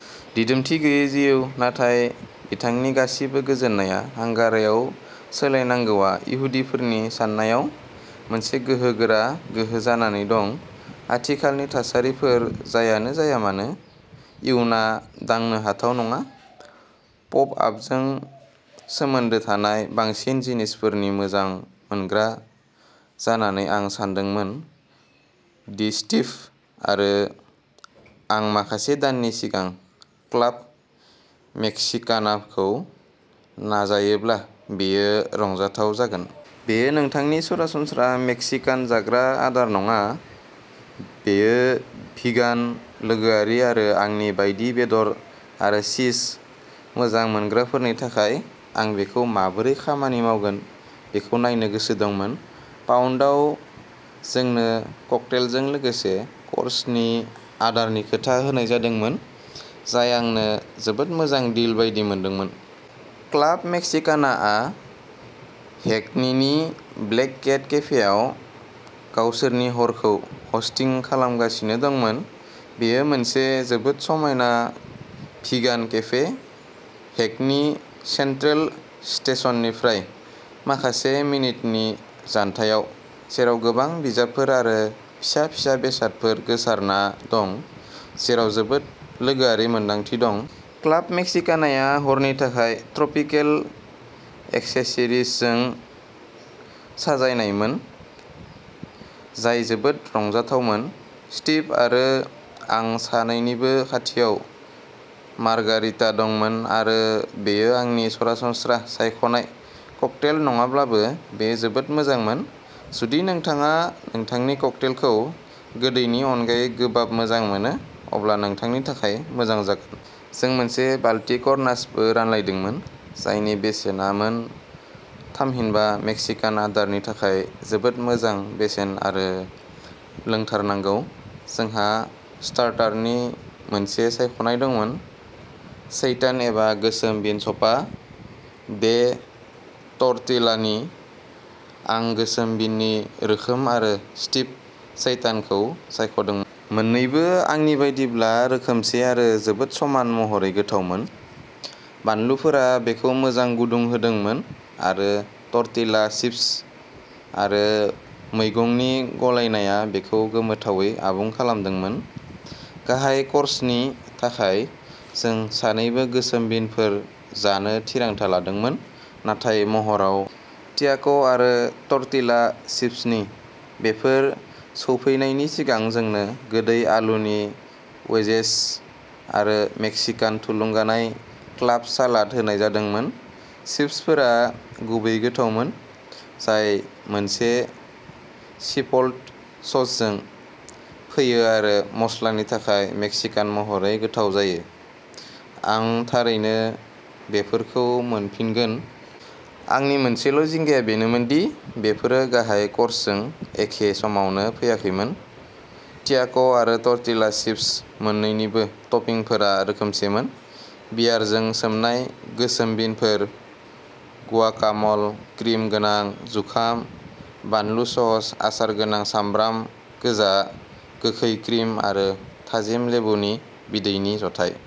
दिदोमथि गैयै जिउ, नाथाय बिथांनि गासिबो गोजोननाया हांगारायाव सोलायनांगौआ इहुदिफोरनि साननायाव मोनसे गोहोगोरा गोहो जानानै दं। आथिखालनि थासारिफोर जायानो जाया मानो, इयुनआ दांनो हाथाव नङा। पप आपजों सोमोन्दो थानाय बांसिन जिनिसफोरनि मोजां मोनग्रा जानानै आं सानदोंमोन दि स्टिभ आरो आं माखासे दाननि सिगां क्लाब मेक्सिकानाखौ नाजायोब्ला बेयो रंजाथाव जागोन। बेयो नोंथांनि सरासनस्रा मेक्सिकान जाग्रा आदार नङा, बेयो भिगान लोगोआरि आरो आंनि बायदि बेदर आरो चीज मोजां मोनग्राफोरनि थाखाय आं बेखौ माबोरै खामानि मावगोन बेखौ नायनो गोसो दंमोन। पाउन्दआव जोंनो ककटेलजों लोगोसे कर्सनि आदारनि खोथा होनाय जादोंमोन, जाय आंनो जोबोद मोजां डिल बायदि मोनदोंमोन। क्लाब मेक्सिकानाआ हेकनीनि ब्लेक केट केफेआव गावसोरनि हरखौ हस्टिं खालामगासिनो दंमोन। बेयो मोनसे जोबोद समायना भिगान केफे, हेकनी सेन्ट्रेल स्टेशननिफ्राय माखासे मिनिटनि जानथायाव, जेराव गोबां बिजाबफोर आरो फिसा-फिसा बेसादफोर गोसारना दं, जेराव जोबोद लोगोआरि मोनदांथि दं। क्लाब मेक्सिकानाया हरनि थाखाय ट्रपिकेल एक्सेसरिजजों साजायनायमोन, जाय जोबोद रंजाथावमोन। स्टिभ आरो आं सानैनिबो खाथियाव मार्गारिटा दंमोन आरो बेयो आंनि सरासनस्रा सायख'नाय ककटेल नङाब्लाबो बेयो जोबोद मोजांमोन। जुदि नोंथाङा नोंथांनि ककटेलखौ गोदैनि अनगायै गोबाब मोजां मोनो, अब्ला नोंथांनि थाखाय मोजां जागोन। जों मोनसे बालति करनासबो रानलायदोंमोन जायनि बेसेना मोन, थामहिनबा मेक्सिकान आदारनि थाखाय जोबोद मोजां बेसेन आरो लोंथारनांगौ। जोंहा स्टार्टारनि मोनसे सायख'नाय दंमोन, सेइटान एबा गोसोम बिन स'पा दे टर्टिलानि। आं गोसोम बिननि रोखोम आरो स्टिभ सेइटानखौ सायख'दोंमोन। मोननैबो आंनि बायदिब्ला रोखोमसे आरो जोबोद समान महरै गोथावमोन। बानलुफोरा बेखौ मोजां गुदुं होदोंमोन आरो टर्टिला चिप्स आरो मैगंनि गलायनाया बेखौ गोमोथावै आबुं खालामदोंमोन। गाहाय कर्सनि थाखाय जों सानैबो गोसोम बिनफोर जानो थिरांथा लादोंमोन, नाथाय महराव। ट्याक'आरो टर्टिला चिप्सनि। बेफोर सौफैनायनि सिगां जोंनो गोदै आलुनि वेजेस आरो मेक्सिकान थुलुंगानाय क्लाब सालाद होनाय जादोंमोन। चिप्सफोरा गुबैयै गोथावमोन, जाय मोनसे चिप'ल्ट ससजों फैयो आरो मस्लानि थाखाय मेक्सिकान महरै गोथाव जायो। आं थारैनो बेफोरखौ मोनफिनगोन! आंनि मोनसेल'जिंगाया बेनोमोन दि बेफोरो गाहाय क'र्सजों एखे समावनो फैयाखैमोन। ट्याक'आरो टर्टिला चिप्स मोन्नैनिबो टपिंफोरा रोखोमसेमोन, बियारजों सोमनाय गोसोम बिनफोर, गुआकाम'ल, क्रिम गोनां जुखाम, बानलु सस, आसार गोनां सामब्राम गोजा, गोखै क्रिम आरो थाजिम लेबुनि बिदैनि जथाय।